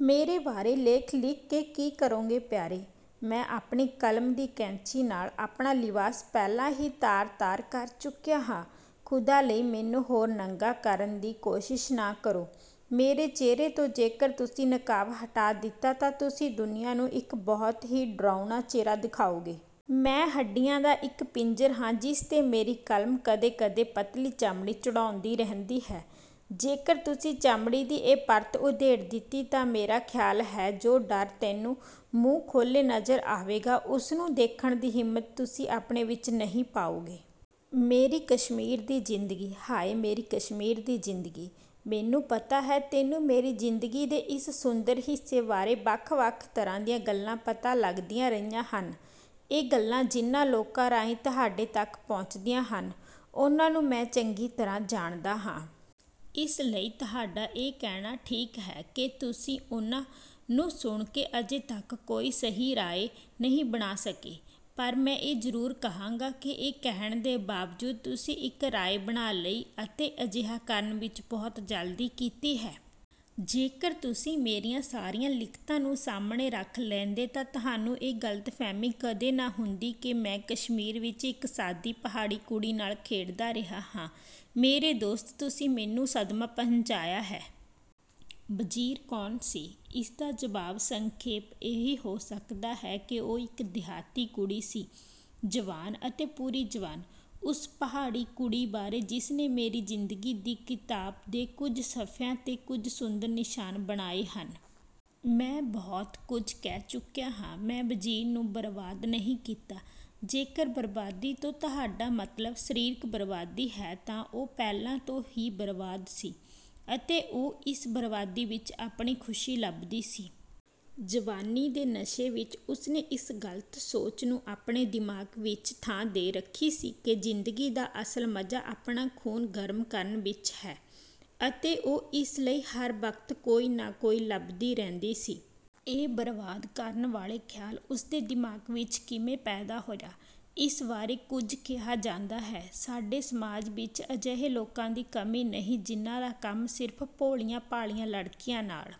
ਮੇਰੇ ਬਾਰੇ ਲੇਖ ਲਿਖ ਕੇ ਕੀ ਕਰੋਗੇ ਪਿਆਰੇ! ਮੈਂ ਆਪਣੀ ਕਲਮ ਦੀ ਕੈਂਚੀ ਨਾਲ਼ ਆਪਣਾ ਲਿਬਾਸ ਪਹਿਲਾਂ ਹੀ ਤਾਰ-ਤਾਰ ਕਰ ਚੁੱਕਿਆ ਹਾਂ। ਖ਼ੁਦਾ ਲਈ ਮੈਨੂੰ ਹੋਰ ਨੰਗਾ ਕਰਨ ਦੀ ਕੋਸ਼ਿਸ਼ ਨਾ ਕਰੋ। ਮੇਰੇ ਚਿਹਰੇ ਤੋਂ ਜੇਕਰ ਤੁਸੀਂ ਨਕਾਬ ਹਟਾ ਦਿੱਤਾ ਤਾਂ ਤੁਸੀਂ ਦੁਨੀਆ ਨੂੰ ਇੱਕ ਬਹੁਤ ਹੀ ਡਰਾਉਣਾ ਚਿਹਰਾ ਦਿਖਾਓਗੇ। ਮੈਂ ਹੱਡੀਆਂ ਦਾ ਇੱਕ ਪਿੰਜਰ ਹਾਂ ਜਿਸ ਤੇ ਮੇਰੀ ਕਲਮ ਕਦੇ-ਕਦੇ ਪਤਲੀ ਚਮੜੀ ਚੜ੍ਹਾਉਂਦੀ ਰਹਿੰਦੀ ਹੈ। ਜੇਕਰ ਤੁਸੀਂ ਚਮੜੀ ਦੀ ਇਹ ਪਰਤ ਉਧੇੜ ਦਿੱਤੀ ਤਾਂ ਮੇਰਾ ਖ਼ਿਆਲ ਹੈ ਜੋ ਡਰ ਤੈਨੂੰ ਮੂੰਹ ਖੋਲ੍ਹੇ ਨਜ਼ਰ ਆਵੇਗਾ, ਉਸਨੂੰ ਦੇਖਣ ਦੀ ਹਿੰਮਤ ਤੁਸੀਂ ਆਪਣੇ ਵਿੱਚ ਨਹੀਂ ਪਾਓਗੇ। ਮੇਰੀ ਕਸ਼ਮੀਰ ਦੀ ਜ਼ਿੰਦਗੀ, ਹਾਏ ਮੇਰੀ ਕਸ਼ਮੀਰ ਦੀ ਜ਼ਿੰਦਗੀ! ਮੈਨੂੰ ਪਤਾ ਹੈ ਤੈਨੂੰ ਮੇਰੀ ਜ਼ਿੰਦਗੀ ਦੇ ਇਸ ਸੁੰਦਰ ਹਿੱਸੇ ਬਾਰੇ ਵੱਖ-ਵੱਖ ਤਰ੍ਹਾਂ ਦੀਆਂ ਗੱਲਾਂ ਪਤਾ ਲੱਗਦੀਆਂ ਰਹੀਆਂ ਹਨ। ਇਹ ਗੱਲਾਂ ਜਿਨ੍ਹਾਂ ਲੋਕਾਂ ਰਾਹੀਂ ਤੁਹਾਡੇ ਤੱਕ ਪਹੁੰਚਦੀਆਂ ਹਨ, ਉਨ੍ਹਾਂ ਨੂੰ ਮੈਂ ਚੰਗੀ ਤਰ੍ਹਾਂ ਜਾਣਦਾ ਹਾਂ। ਇਸ ਲਈ ਤੁਹਾਡਾ ਇਹ ਕਹਿਣਾ ਠੀਕ ਹੈ ਕਿ ਤੁਸੀਂ ਉਨ੍ਹਾਂ ਨੂੰ ਸੁਣ ਕੇ ਅਜੇ ਤੱਕ ਕੋਈ ਸਹੀ ਰਾਏ ਨਹੀਂ ਬਣਾ ਸਕੇ। ਪਰ ਮੈਂ ਇਹ ਜ਼ਰੂਰ ਕਹਾਂਗਾ ਕਿ ਇਹ ਕਹਿਣ ਦੇ ਬਾਵਜੂਦ ਤੁਸੀਂ ਇੱਕ ਰਾਏ ਬਣਾ ਲਈ ਅਤੇ ਅਜਿਹਾ ਕਰਨ ਵਿੱਚ ਬਹੁਤ ਜਲਦੀ ਕੀਤੀ ਹੈ। ਜੇਕਰ ਤੁਸੀਂ ਮੇਰੀਆਂ ਸਾਰੀਆਂ ਲਿਖਤਾਂ ਨੂੰ ਸਾਹਮਣੇ ਰੱਖ ਲੈਂਦੇ ਤਾਂ ਤੈਨੂੰ ਇਹ ਗਲਤਫਹਿਮੀ ਕਦੇ ਨਾ ਹੁੰਦੀ ਕਿ ਮੈਂ ਕਸ਼ਮੀਰ ਵਿੱਚ ਇੱਕ ਸਾਦੀ ਪਹਾੜੀ ਕੁੜੀ ਨਾਲ਼ ਖੇਡਦਾ ਰਿਹਾ ਹਾਂ। ਮੇਰੇ ਦੋਸਤ ਤੁਸੀਂ ਮੈਨੂੰ ਸਦਮਾ ਪਹੁੰਚਾਇਆ ਹੈ। ਵਜ਼ੀਰ ਕੌਣ ਸੀ? ਇਸਦਾ ਜਵਾਬ ਸੰਖੇਪ ਇਹੀ ਹੋ ਸਕਦਾ ਹੈ ਕਿ ਉਹ ਇੱਕ ਦਿਹਾਤੀ ਕੁੜੀ ਸੀ। ਜਵਾਨ ਅਤੇ ਪੂਰੀ ਜਵਾਨ! ਉਸ ਪਹਾੜੀ ਕੁੜੀ ਬਾਰੇ ਜਿਸ ਨੇ ਮੇਰੀ ਜ਼ਿੰਦਗੀ ਦੀ ਕਿਤਾਬ ਦੇ ਕੁੱਝ ਸਫਿਆਂ ਤੇ ਕੁਝ ਸੁੰਦਰ ਨਿਸ਼ਾਨ ਬਣਾਏ ਹਨ। ਮੈਂ ਬਹੁਤ ਕੁੱਝ ਕਹਿ ਚੁੱਕਿਆ ਹਾਂ। ਮੈਂ ਵਜ਼ੀਰ ਨੂੰ ਬਰਬਾਦ ਨਹੀਂ ਕੀਤਾ। ਜੇਕਰ 'ਬਰਬਾਦੀ' ਤੋਂ ਤੁਹਾਡਾ ਮਤਲਬ 'ਸਰੀਰਕ ਬਰਬਾਦੀ' ਹੈ ਤਾਂ ਉਹ ਪਹਿਲਾਂ ਹੀ ਤੋਂ ਬਰਬਾਦ ਸੀ, ਅਤੇ ਉਹ ਇਸ ਬਰਬਾਦੀ ਵਿੱਚ ਆਪਣੀ ਖ਼ੁਸ਼ੀ ਲੱਭਦੀ ਸੀ। ਜਵਾਨੀ ਦੇ ਨਸ਼ੇ ਵਿੱਚ ਉਸਨੇ ਇਸ ਗ਼ਲਤ ਸੋਚ ਨੂੰ ਆਪਣੇ ਦਿਮਾਗ਼ ਵਿੱਚ ਥਾਂ ਦੇ ਰੱਖੀ ਸੀ ਕਿ ਜ਼ਿੰਦਗੀ ਦਾ ਅਸਲ ਮਜ਼ਾ ਆਪਣਾ ਖ਼ੂਨ ਗਰਮ ਕਰਨ ਵਿੱਚ ਹੈ, ਅਤੇ ਉਹ ਇਸ ਲਈ ਹਰ ਵਕਤ ਕੋਈ ਨਾ ਕੋਈ ਲੱਭਦੀ ਰਹਿੰਦੀ ਸੀ। ਇਹ ਬਰਬਾਦ ਕਰਨ ਵਾਲੇ ਖਿਆਲ ਉਸਦੇ ਦਿਮਾਗ਼ ਵਿੱਚ ਕਿਵੇਂ ਪੈਦਾ ਹੋਇਆ, ਇਸ ਬਾਰੇ ਬਹੁਤ ਕੁੱਝ ਕਿਹਾ ਜਾਂਦਾ ਹੈ। ਸਾਡੇ ਸਮਾਜ ਵਿੱਚ ਅਜਿਹੇ ਲੋਕਾਂ ਦੀ ਕਮੀ ਨਹੀਂ ਜਿਨ੍ਹਾਂ ਦਾ ਕੰਮ ਸਿਰਫ ਭੋਲੀਆਂ-ਭਾਲੀਆਂ ਲੜਕੀਆਂ ਨਾਲ